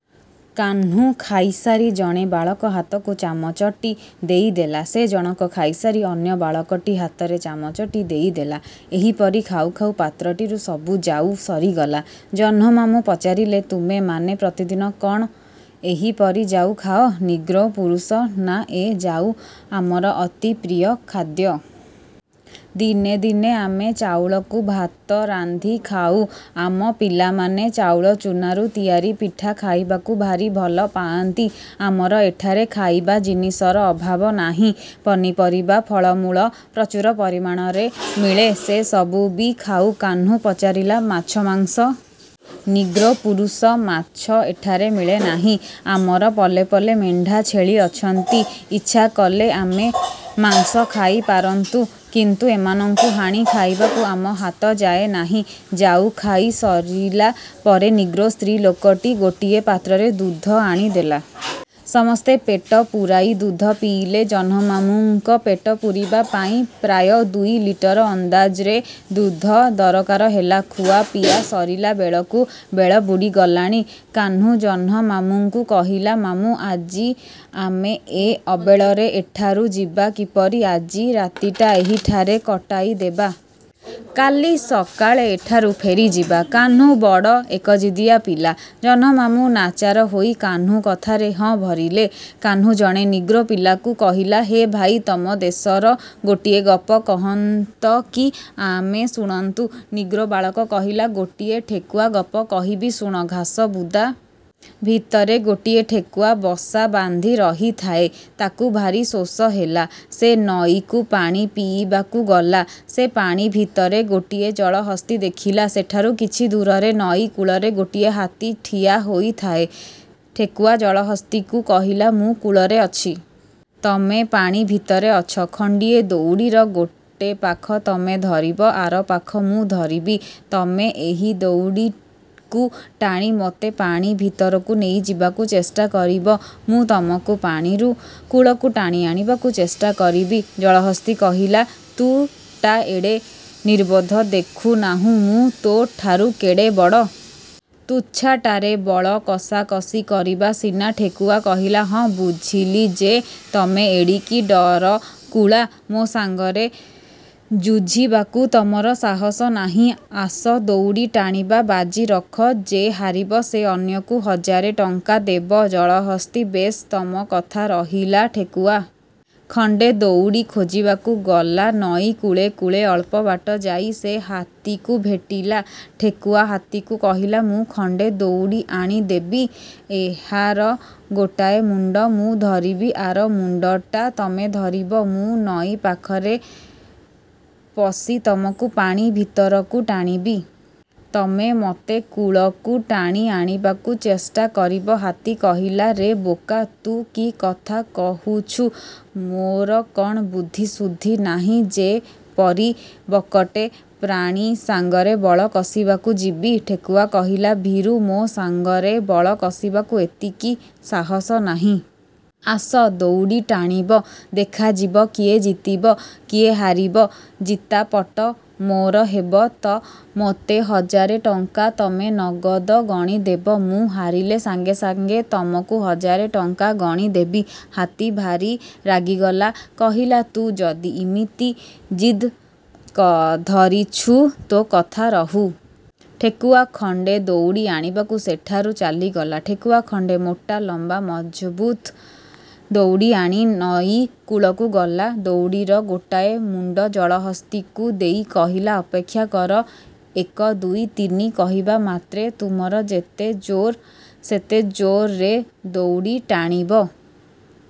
କାହ୍ନୁ ଖାଇସାରି ଜଣେ ବାଳକ ହାତକୁ ଚାମଚଟି ଦେଇଦେଲା। ସେ ଜଣକ ଖାଇସାରି ଅନ୍ୟ ବାଳକଟି ହାତରେ ଚାମଚଟି ଦେଇଦେଲା। ଏହିପରି ଖାଉ ଖାଉ ପାତ୍ରଟିରୁ ସବୁ ଜାଉ ସରିଗଲା। ଜହ୍ନମାମୁଁ ପଚାରିଲେ, ତୁମେମାନେ ପ୍ରତିଦିନ କ'ଣ ଏହିପରି ଜାଉ ଖାଅ? ନିଗ୍ରୋ ପୁରୁଷ ନା ଏ ଜାଉ ଆମର ଅତି ପ୍ରିୟ ଖାଦ୍ୟ। ଦିନେ ଦିନେ ଆମେ ଚାଉଳକୁ ଭାତ ରାନ୍ଧି ଖାଉ। ଆମ ପିଲାମାନେ ଚାଉଳଚୂନାରୁ ତିଆରି ପିଠା ଖାଇବାକୁ ଭାରି ଭଲ ପାଆନ୍ତି। ଆମର ଏଠାରେ ଖାଇବା ଜିନିଷର ଅଭାବ ନାହିଁ। ପନିପରିବା, ଫଳମୂଳ ପ୍ରଚୁର ପରିମାଣରେ ମିଳେ। ସେ ସବୁ ବି ଖାଉ। କାହ୍ନୁ ପଚାରିଲା ମାଛ, ମାଂସ? ନିଗ୍ରୋ ପୁରୁଷ ମାଛ ଏଠାରେ ମିଳେ ନାହିଁ। ଆମର ପଲେ ପଲେ ମେଣ୍ଢା ଛେଳି ଅଛନ୍ତି। ଇଚ୍ଛା କଲେ ଆମେ ମାଂସ ଖାଇ ପାରନ୍ତୁ। କିନ୍ତୁ ଏମାନଙ୍କୁ ହାଣି ଖାଇବାକୁ ଆମ ହାତ ଯାଏ ନାହିଁ। ଜାଉ ଖାଇ ସାରିଲା ପରେ ନିଗ୍ରୋ ସ୍ତ୍ରୀଲୋକଟି ଗୋଟିଏ ପାତ୍ରରେ ଦୁଧ ଆଣି ଦେଲା। ସମସ୍ତେ ପେଟ ପୂରାଇ ଦୁଧ ପିଇଲେ। ଜହ୍ନମାମୁଁଙ୍କ ପେଟ ପୂରିବା ପାଇଁ ପ୍ରାୟ ଦୁଇଲିଟର ଅନ୍ଦାଜରେ ଦୁଧ ଦରକାର ହେଲା। ଖୁଆପିଆ ସରିଲା ବେଳକୁ ବେଳ ବୁଡ଼ିଗଲାଣି। କାହ୍ନୁ ଜହ୍ନମାମୁଁଙ୍କୁ କହିଲା, ମାମୁଁ! ଆଜି ଆମେ ଏ ଅବେଳରେ ଏଠାରୁ ଯିବା କିପରି? ଆଜି ରାତିଟା ଏହିଠାରେ କଟାଇଦେବା। କାଲି ସକାଳେ ଏଠାରୁ ଫେରିଯିବା। କାହ୍ନୁ ବଡ଼ ଏକଜିଦିଆ ପିଲା। ଜହ୍ନମାମୁଁ ନାଚାର ହୋଇ କାହ୍ନୁ କଥାରେ ହଁ ଭରିଲେ। କାହ୍ନୁ ଜଣେ ନିଗ୍ରୋ ପିଲାକୁ କହିଲା, ହେ ଭାଇ ତମ ଦେଶର ଗୋଟିଏ ଗପ କହନ୍ତ କି, ଆମେ ଶୁଣନ୍ତୁ। ନିଗ୍ରୋ ବାଳକ କହିଲା, ଗୋଟିଏ ଠେକୁଆ ଗପ କହିବି, ଶୁଣ। ଘାସବୁଦା ଭିତରେ ଗୋଟିଏ ଠେକୁଆ ବସା ବାନ୍ଧି ରହିଥାଏ। ତାକୁ ଭାରି ଶୋଷ ହେଲା। ସେ ନଈକୁ ପାଣି ପିଇବାକୁ ଗଲା। ସେ ପାଣି ଭିତରେ ଗୋଟିଏ ଜଳହସ୍ତୀ ଦେଖିଲା। ସେଠାରୁ କିଛି ଦୂରରେ ନଈ କୂଳରେ ଗୋଟିଏ ହାତୀ ଠିଆ ହୋଇଥାଏ। ଠେକୁଆ ଜଳହସ୍ତୀକୁ କହିଲା, ମୁଁ କୂଳରେ ଅଛି। ତମେ ପାଣି ଭିତରେ ଅଛ। ଖଣ୍ଡିଏ ଦଉଡ଼ିର ଗୋଟେ ପାଖ ତମେ ଧରିବ, ଆର ପାଖ ମୁଁ ଧରିବି। ତମେ ଏହି ଦଉଡ଼ିକୁ ଟାଣି ମୋତେ ପାଣି ଭିତରକୁ ନେଇଯିବାକୁ ଚେଷ୍ଟା କରିବ। ମୁଁ ତମକୁ ପାଣିରୁ କୂଳକୁ ଟାଣିଆଣିବାକୁ ଚେଷ୍ଟା କରିବି। ଜଳହସ୍ତୀ କହିଲା ତୁ ଟା ଏଡ଼େ ନିର୍ବୋଧ ଦେଖୁ ନାହୁଁ ମୁଁ ତୋ ଠାରୁ କେଡ଼େ ବଡ଼? ତୁଚ୍ଛାଟାରେ ବଳ କଷାକଷି କରିବା ସିନା! ଠେକୁଆ କହିଲା, ହଁ, ବୁଝିଲି ଯେ, ତମେ ଏଡ଼ିକି ଡରକୁଳା? ମୋ ସାଙ୍ଗରେ ଯୁଝିବାକୁ ତମର ସାହସ ନାହିଁ। ଆସ, ଦଉଡ଼ି ଟାଣିବା ବାଜି ରଖ ଯେ ହାରିବ ସେ ଅନ୍ୟକୁ ହଜାରେ ଟଙ୍କା ଦେବ। ଜଳହସ୍ତୀ, ବେଶ୍, ତମ କଥା ରହିଲା। ଠେକୁଆ ଖଣ୍ଡେ ଦଉଡ଼ି ଖୋଜିବାକୁ ଗଲା ନଈ କୂଳେ କୂଳେ ଅଳ୍ପ ବାଟ ଯାଇ ସେ ହାତୀକୁ ଭେଟିଲା। ଠେକୁଆ ହାତୀକୁ କହିଲା, ମୁଁ ଖଣ୍ଡେ ଦଉଡ଼ି ଆଣି ଦେବି। ଏହାର ଗୋଟାଏ ମୁଣ୍ଡ ମୁଁ ଧରିବି, ଆର ମୁଣ୍ଡଟା ତମେ ଧରିବ। ମୁଁ ନଈ ପାଖରେ ପଶି ତମକୁ ପାଣି ଭିତରକୁ ଟାଣିବି। ତମେ ମୋତେ କୂଳକୁ ଟାଣି ଆଣିବାକୁ ଚେଷ୍ଟା କରିବ। ହାତୀ କହିଲା, ରେ ବୋକା! ତୁ କି କଥା କହୁଛୁ? ମୋର କ'ଣ ବୁଦ୍ଧି ସୁଦ୍ଧି ନାହିଁ ଯେ ପରି ବକଟେ ପ୍ରାଣୀ ସାଙ୍ଗରେ ବଳ କଷିବାକୁ ଯିବି? ଠେକୁଆ କହିଲା, ଭୀରୁ ମୋ ସାଙ୍ଗରେ ବଳ କଷିବାକୁ ଏତିକି ସାହସ ନାହିଁ? ଆସ, ଦଉଡ଼ି ଟାଣିବ। ଦେଖାଯିବ କିଏ ଜିତିବ କିଏ ହାରିବ। ଜିତାପଟ ମୋର ହେବ ତ ମୋତେ ହଜାରେ ଟଙ୍କା ତମେ ନଗଦ ଗଣିଦେବ। ମୁଁ ହାରିଲେ ସାଙ୍ଗେ ସାଙ୍ଗେ ତମକୁ ହଜାରେ ଟଙ୍କା ଗଣିଦେବି। ହାତୀ ଭାରି ରାଗିଗଲା। କହିଲା, ତୁ ଯଦି ଇମିତି ଜିଦ୍ ଧରିଛୁ, ତୋ କଥା ରହୁ। ଠେକୁଆ ଖଣ୍ଡେ ଦଉଡ଼ି ଆଣିବାକୁ ସେଠାରୁ ଚାଲିଗଲା। ଠେକୁଆ ଖଣ୍ଡେ ମୋଟା ଲମ୍ବା ମଜଭୁତ ଦଉଡ଼ି ଆଣି ନଈକୂଳକୁ ଗଲା। ଦଉଡ଼ିର ଗୋଟାଏ ମୁଣ୍ଡ ଜଳହସ୍ତୀକୁ ଦେଇ କହିଲା, ଅପେକ୍ଷା କର। ଏକ ଦୁଇ, ତିନି କହିବା ମାତ୍ରେ ତୁମର ଯେତେ ଜୋର, ସେତେ ଜୋରରେ ଦଉଡ଼ି ଟାଣିବ।